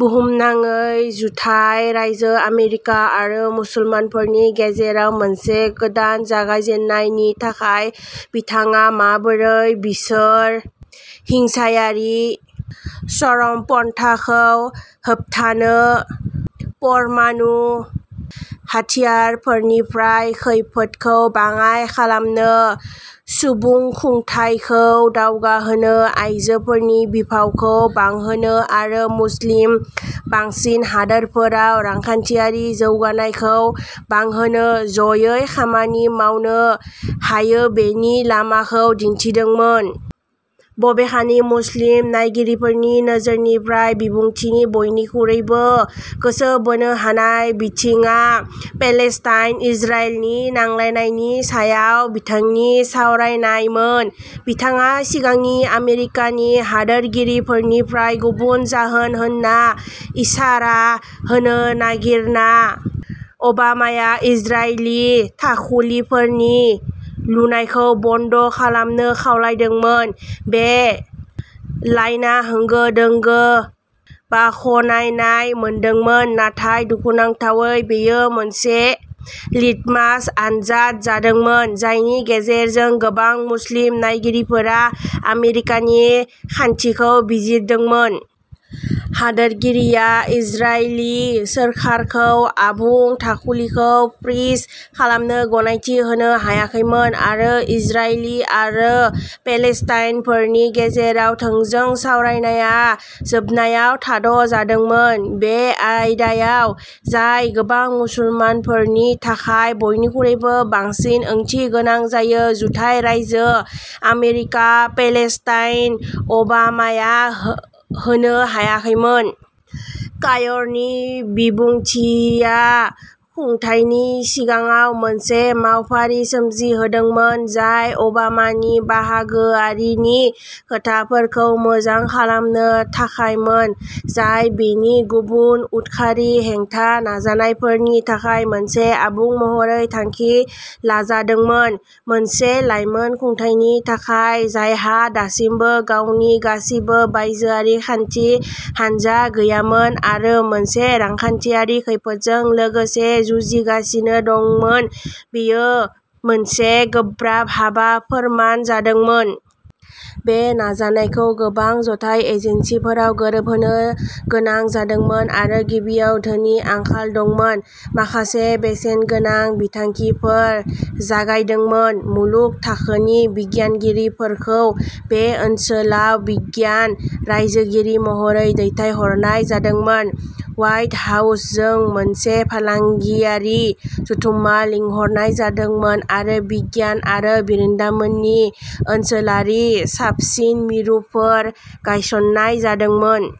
बुहुमनाङै जुथाइ रायजो आमेरिका आरो मुसलमानफोरनि गेजेराव "मोनसे गोदान जागायजेन्नाय" नि थाखाय बिथाङा माबोरै बिसोर हिंसायारि चरमपन्थाखौ होबथानो परमाणु हाथियारफोरनिफ्राय खैफोदखौ बाङाइ खालामनो सुबुंखुंथाइखौ दावगाहोनो आयजोफोरनि बिफावखौ बांहोनो आरो मुस्लिम बांसिन हादोरफोराव रांखान्थियारि जौगानायखौ बांहोनो ज'यै खामानि मावनो हायोबेनि लामाफोरखौ दिन्थिदोंमोन। बबेखानि मुस्लिम नायगिरिफोरनि नोजोरनिफ्राय बिबुंथिनि बयनिख्रुइबो गोसो बोनो हानाय बिथिंआ पेलेस्टाइन इजराइलनि नांलायनायनि सायाव बिथांनि सावरायनायमोन। बिथाङा सिगांनि आमेरिकानि हादोरगिरिफोरनिफ्राय गुबुन जागोन होन्ना इसारा होनो नागिरना अबामाया इजरायली थाखुलिफोरनि लुनायखौ बन्द'खालामनो खावलायदोंमोन। बे लाइनआ होंगो-दोंगो बाखनायनाय मोनदोंमोन नाथाय दुखुनांथावै बेयो मोनसे लिटमास आनजाद जादोंमोन जायनि गेजेरजों गोबां मुस्लिम नायगिरिफोरा आमेरिकानि खान्थिखौ बिजिरदोंमोन। हादोरगिरिया इजरायली सोरखारखौ आबुं थाखुलिखौ फ्रीज खालामनो गनायथि होनो हायाखैमोन आरो इजरायली आरो पेलेस्टाइनफोरनि गेजेराव थोंजों सावरायनाया जोबनायाव थाद'जादोंमोन। बे आयदायाव जाय गोबां मुसलमानफोरनि थाखाय बयनिख्रुइबो बांसिन ओंथि गोनां जायो जुथाइ रायजो आमेरिका पेलेस्टाइन अबामाया होनो हायाखैमोन। कायर'नि बिबुंथिया खुंथायनि सिङाव मोनसे मावफारि सोमजिहोदोंमोन जाय अबामानि बाहागोआरिनि खोथाफोरखौ मोजां खालामनो थाखायमोन जाय बेनि गुबुन उदखारि हेंथा नाजानायफोरनि थाखाय मोनसे आबुं महरै थांखि लाजादोंमोन। मोनसे लाइमोन खुंथायनि थाखाय जायहा दासिमबो गावनि गासिबो बायजोआरि खान्थि हानजा गैयामोन आरो मोनसे रांखान्थियारि खैफोदजों लोगोसे जुजिगासिनो दंमोन बेयो मोनसे गोब्राब हाबा फोरमान जादोंमोन। बे नाजानायखौ गोबां जथाय एजेन्सिफोराव गोरोबहोनो गोनां जादोंमोन आरो गिबियाव धोननि आंखाल दंमोन। माखासे बेसेनगोनां बिथांखिफोर जागायदोंमोन मुलुग थाखोनि बिगियानगिरिफोरखौ बे ओनसोलाव बिगियान रायजोगिरि महरै दैथायहरनाय जादोंमोन। ह्वाइट हाउसजों मोनसे फालांगियारि जथुम्मा लिंहरनाय जादोंमोन आरो बिगियान आरो बिरोंदामिननि ओनसोलारि साबसिन मिरुफोर गायसन्नाय जादोंमोन।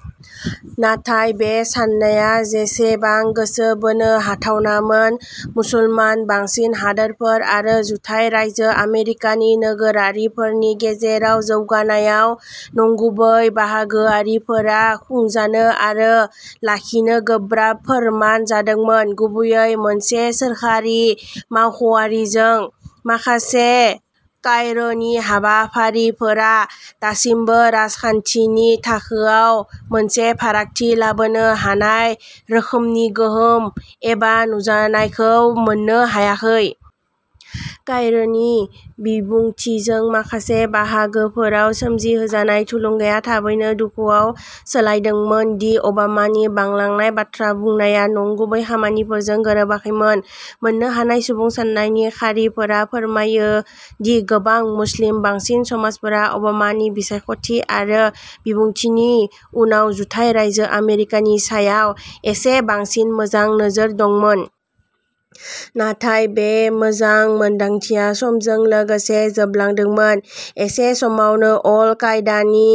नाथाय बे साननाया जेसेबां गोसो बोनो हाथावनामोन मुसलमान बांसिन हादोरफोर आरो जुथाइ रायजो आमेरिकानि नोगोरारिफोरनि गेजेराव जौगानायाव नंगुबै बाहागोआरिफोरा खुंजानो आरो लाखिनो गोब्राब फोरमान जादोंमोन गुबैयै मोनसे सोरखारि मावख'आरिजों। माखासे कायरोनि हाबाफारिफोरा दासिमबो राजखान्थिनि थाखोआव मोनसे फारागथि लाबोनो हानाय रोखोमनि गोहोम एबा नुजानायखौ मोननो हायाखै। कायरोनि बिबुंथिजों माखासे बाहागोफोराव सोमजिहोजानाय थुलुंगाया थाबैनो दुखुआव सोलायदोंमोन दि अबामानि बांलांनाय बाथ्रा बुंनाया नंगुबै खामानिफोरजों गोरोबाखैमोन। मोन्नो हानाय सुबुं सान्नायनि खारिफोरा फोरमायो दि गोबां मुस्लिम बांसिन समाजफोरा अबामानि बिसायख'थि आरो बिबुंथिनि उनाव जुथाइ रायजो आमेरिकानि सायाव एसे बांसिन मोजां नोजोर दंमोन। नाथाय बे मोजां मोन्दांथिया समजों लोगोसे जोबलांदोंमोन। एखे समावनो अल कायदानि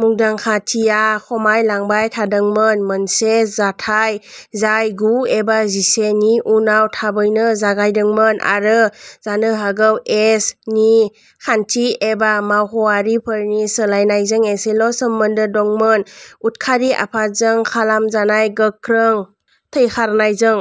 मुंदांखाथिया खमायलांबाय थादोंमोन मोनसे जाथाय जाय गु एबा जिसे नि उनाव थाबैनो जागायदोंमोन आरो जानो हागौ एस. नि खान्थि एबा मावख'आरिफोरनि सोलायनायजों एसेल' सोमोन्दो दंमोन उदखारि आफादजों खालामजानाय गोख्रों थैखारनायजों।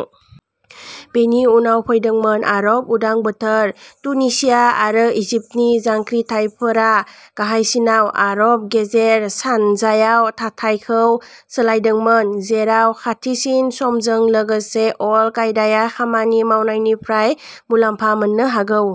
बेनि उनाव फैदोंमोन आरब उदां बोथोर। तुनिसिया आरो इजिप्टनि जांख्रिथायफोरा गाहायसिनाव आरब गेजेर सानजायाव थाथायखौ सोलायदोंमोन। जेराव खाथिसिन समजों लोगोसे अल कायदाया खामानि मावनायनिफ्राय मुलाम्फा मोननो हागौ।